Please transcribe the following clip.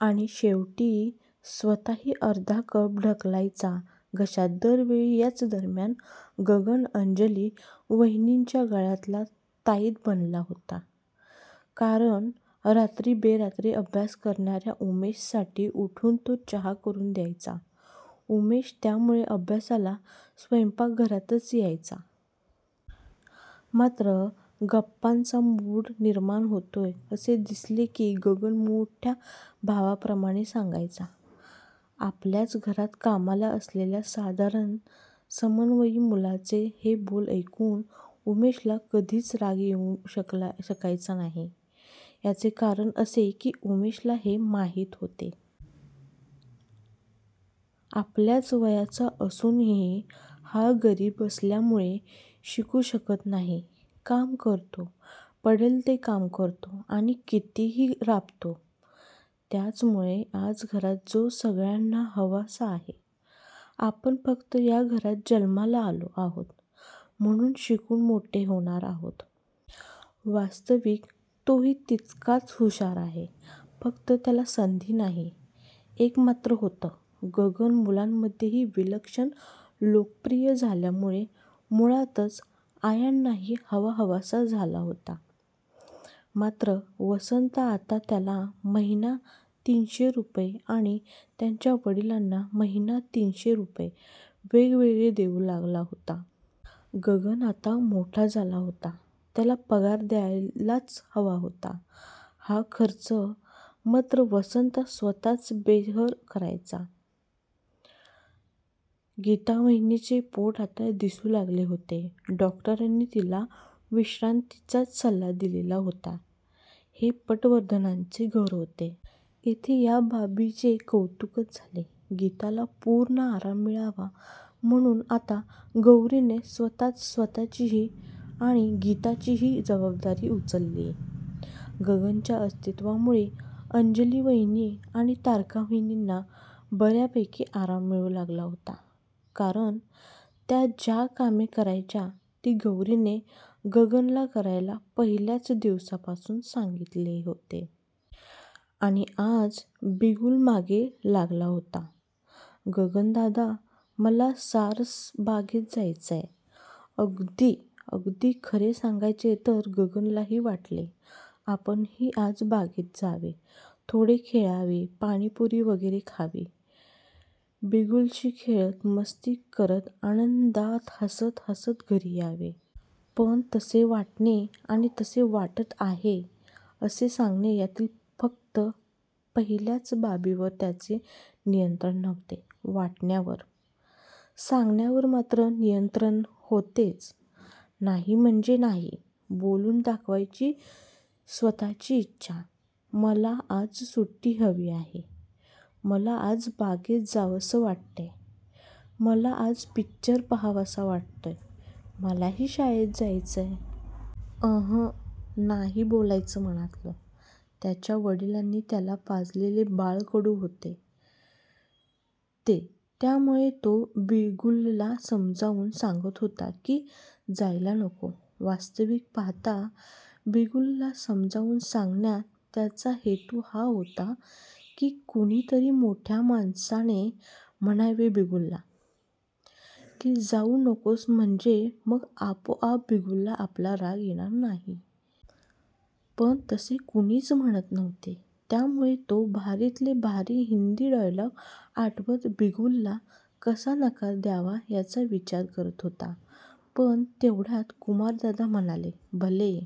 आणि शेवटी स्वतःही अर्धा कप ढकलायचा घशात दर वेळी याच दरम्यान गगन अंजली वहिनींच्या गळ्यातला ताईत बनला होता. कारण रात्री बेरात्री अभ्यास करणाऱ्या उमेशसाठी उठून तो चहा करून द्यायचा. उमेश त्यामुळे अभ्यासाला स्वयंपाकघरातच यायचा! मात्र गप्पांचा मूड निर्माण होतोय असे दिसले की गगन मोठ्या भावाप्रमाणे सांगायचा. आपल्याच घरात कामाला असलेल्या साधारण समवयीन मुलाचे हे बोल ऐकून उमेशला कधीच राग येऊ शकायचा नाही. याचे कारण असे की उमेशला हे माहीत होते. आपल्याच वयाचा असूनही हा गरीब असल्यामुळे शिकू शकत नाही, काम करतो, पडेल ते काम करतो आणि कितीही राबतो. त्याचमुळे आज घरात तो सगळ्यांना हवासा आहे. आपण फक्त या घरात जन्माला आलो आहोत म्हणून शिकून मोठे होणार आहोत. वास्तविक तोही तितकाच हुषार आहे, फक्त त्याला संधी नाही. एक मात्र होतं! गगन मुलांमध्येही विलक्षण लोकप्रिय झाल्यामुळे मुळातच आयांनाही हवाहवासा झाला होता. मात्र वसंता आता त्याला महिना तीनशे रुपये आणि त्याच्या वडिलांना महिना तीनशे रुपये वेगवेगळे देऊ लागला होता. गगन आता मोठा झाला होता. त्याला पगार द्यायलाच हवा होता. हा खर्च मत्र वसंता स्वतःच बेअर करायचा. गीतावहिनीचे पोट आता दिसू लागले होते. डॉक्टरांनी तिला विश्रांतीचाच सल्ला दिलेला होता. हे पटवर्धनांचे घर होते. येथे या बाबीचे कौतुकच झाले. गीताला पूर्ण आराम मिळावा म्हणून आता गौरीने स्वतःच स्वतःचीही आणि गीताचीही जबाबदारी उचलली. गगनच्या अस्तित्वामुळे अंजली वहिनी आणि तारका वहिनींना बऱ्यापैकी आराम मिळू लागला होता. कारण त्या ज्या कामे करायच्या ती गौरीने गगनला करायला पहिल्याच दिवसापासून सांगितले होते. अणि आज बिगुल मागे लागला होता. गगनदादा मला सारसबागेत जायचंय. अगदी, अगदी खरे सांगायचे तर गगनलाही वाटले. आपणही आज बागेत जावे. थोडे खेळावे, पाणीपुरी वगैरे खावी, बिगुलशी खेळत, मस्ती करत आनंदात हासत हासत घरी यावे. पण तसे वाटणे आणि तसे वाटतं आहे असे सांगणे यातील फक्त पहिल्याच बाबीवर त्याचे नियंत्रण नव्हते. वाटण्यावर! सांगण्यावर मात्र नियंत्रण होतेच! नाही म्हणजे नाही बोलून दाखवायची स्वतःची इच्छा! मला आज सुट्टी हवी आहे, मला आज बागेत जावसं वाटतंय, मला आज पिक्चर पाहावासा वाटतोय, मलाही शाळेत जायचंय! अंहं! नाही बोलायचं मनातलं! त्याच्या वडिलांनी त्याला पाजलेले बाळकडू होते ते त्यामुळे तो बिगुलला समजावून सांगत होता की जायला नको! वास्तविक पाहता बिगुलला समजावून सांगण्यात त्याचा हेतू हा होता की कुणीतरी मोठ्या माणसाने म्हणावे बिगुलला, की जाऊ नकोस म्हणजे मग आपोआप बिगुलला आपला राग येणार नाही. पण तसे कुणीच म्हणतं नव्हते. त्यामुळे तो भारीतले भारी हिंदी डायलॉग आठवत बिगुलला कसा नकार द्यावा याचा विचार करत होता. पण तेवढ्यात कुमारदादा म्हणाले. भले